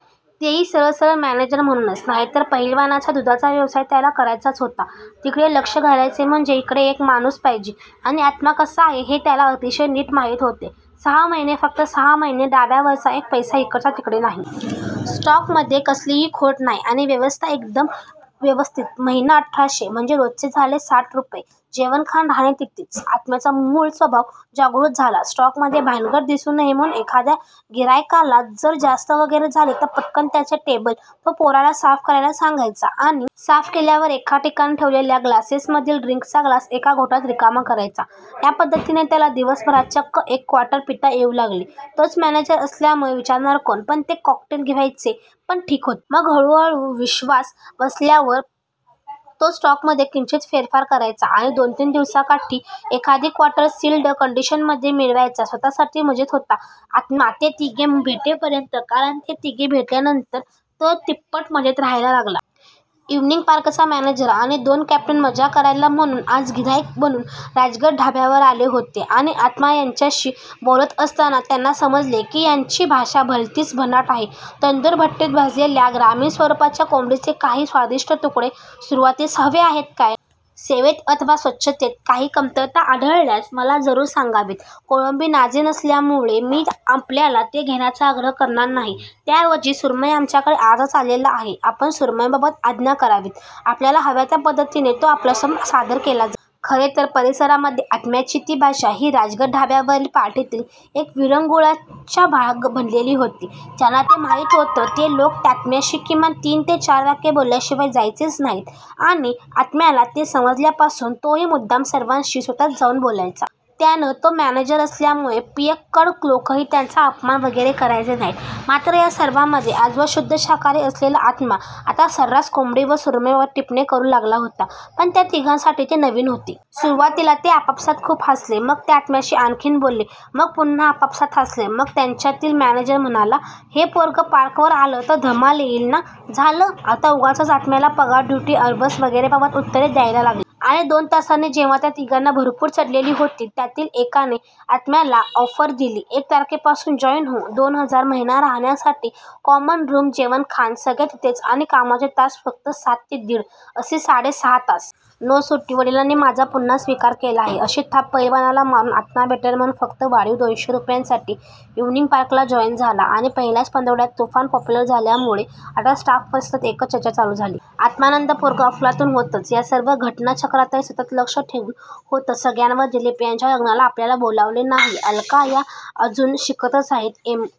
तेही, सरळ सरळ मॅनेजर म्हणूनच नाहीतरी पहिलवानाचा दुधाचा व्यवसाय त्याला करायचाच होता. तिकडे लक्ष घालायचे म्हणजे इकडे एक माणूस पाहिजे, आणि आत्मा कसा आहे. हे त्याला अतिशय नीट माहीत होते. सहा महिने फक्त सहा महिने ढाब्यावरचा एक पैसा इकडचा तिकडे नाही. स्टॉकमध्ये कसलीही खोट नाही. आणि व्यवस्था एकदम व्यवस्थित महिना अठराशे म्हणजे रोजचे झाले साठ रुपये जेवणखाण राहणे तिथेच, आत्म्याचा मूळ स्वभाव जागृत झाला. स्टॉकमध्ये भानगड दिसू नये म्हणून, एखाद्या गिर्हाईकाला जर जास्त वगैरे झाली तर पटकन त्याचे टेबल तो पोराला साफ करायला सांगायचा. आणि साफ केल्यावर एका ठिकाणी ठेवलेल्या ग्लासेसमधील ड्रिंकचा ग्लास एका घोटात रिकामा करायचा. या पद्धतीने त्याला दिवसभरात चक्क एक क्वार्टर पिता येऊ लागली. तोच मॅनेजर असल्यामुळे विचारणार कोण? पण ते कॉकटेल व्हायचे पण ठीक होते. मग हळूहळू विश्वास बसल्यावर तो स्टॉकमध्ये किंचित फेरफार करायचा आणि दोन तीन दिवसाकाठी एखादी क्वार्टर सील्ड कंडिशनमध्ये मिळवायचा स्वतःसाठी मजेत होता आत्मा! ते तिघे भेटेपर्यंत कारण ते तिघे भेटल्यानंतर तो तिप्पट मजेत राहायला लागला. इव्हिनिंग पार्कचा मॅनेजर आणि दोन कॅप्टन मजा करायला म्हणून आज गिर्हाईक बनून राजगड ढाब्यावर आले होते. आणि आत्मा त्यांच्याशी बोलत असताना त्यांना समजले की याची भाषा भलतीच भन्नाट आहे. 'तंदुर भट्टीत भाजलेल्या ग्रामीण स्वरुपाच्या कोंबडीचे काही स्वादिष्ट तुकडे सुरुवातीस हवे आहेत काय? 'सेवेत अथवा स्वच्छतेत काही कमतरता आढळल्यास मला जरूर सांगावेत' कोळंबी ताजे नसल्यामुळे मी आपल्याला ते घेण्याचा आग्रह करणार नाही. त्या ऐवजी सुरमई आमच्याकडे आजच आलेला आहे. आपण सुरमईबाबत आज्ञा करावीत. आपल्याला हव्या त्या पद्धतीने तो आपल्यासमोर सादर केला जाईल. " खरे तर परिसरामध्ये आत्म्याची ती भाषा ही राजगड ढाब्यावरील पार्टीतील एक विरंगुळ्याचा भाग बनलेली होती. ज्यांना ते माहीत होतं ते लोक आत्म्याशी किमान तीन ते चार वाक्ये बोलल्याशिवाय जायचेच नाहीत. आणि आत्म्याला ते समजल्यापासून तोही मुद्दाम सर्वांशी स्वतःच जाऊन बोलायचा. त्यात तो मॅनेजर असल्यामुळे पियक्कड लोकही त्याचा अपमान वगैरे करायचे नाहीत. मात्र, या सर्वामध्ये, आजवर शुद्ध शाकाहारी असलेला आत्मा आता सर्रास कोंबडी व सुरमईबाबत टिपणे करू लागला होता. पण त्या तिघांसाठी ते नवीन होते. सुरुवातीला ते आपापसात खूप हासले. मग ते आत्म्याशी आणखीन बोलले. मग पुन्हा आपापसात हासले. मग त्यांच्यातील मॅनेजर म्हणाला, 'हे पोरगं पार्कवर आलं तर धमाल येईल ना ' झालं! आता उगाचच आत्म्याला पगार, ड्युटी अवर्स वगैरेबाबत उत्तरे द्यायला लागली. आणि. दोन तासांनी. जेव्हा त्या तिघांना भरपूर चढलेली होती. त्यातील एकाने आत्म्याला ऑफर दिली. एक तारखेपासून जॉईन हो. दोन हजार महिना, राहण्यासाठी कॉमन रूम, जेवणखाण सगळे तिथेच, आणि कामाचे तास फक्त सात ते दिड असे साडे सहा तास नो सुट्टी! 'वडिलांनी माझा पुन्हा स्वीकार केला आहे' अशी थाप पहिलवानाला मारून आत्मा वेटर म्हणून फक्त वाढीव दोनशे रुपयांसाठी इव्हिनिंग पार्कला जॉईन झाला आणि पहिल्याच पंधरवड्यात तुफान पॉप्युलर झाल्यामुळे आता स्टाफमधे सतत एकच चर्चा चालू झाली. आत्मानंद पोरगं अफलातून होतंच! या सर्व घटनाचक्रातही सतत लक्ष ठेवून होतं सगळ्यांवर दिलीप यांच्या लग्नाला आपल्याला बोलावले नाही. अलका या अजून शिकतच आहेत. एम.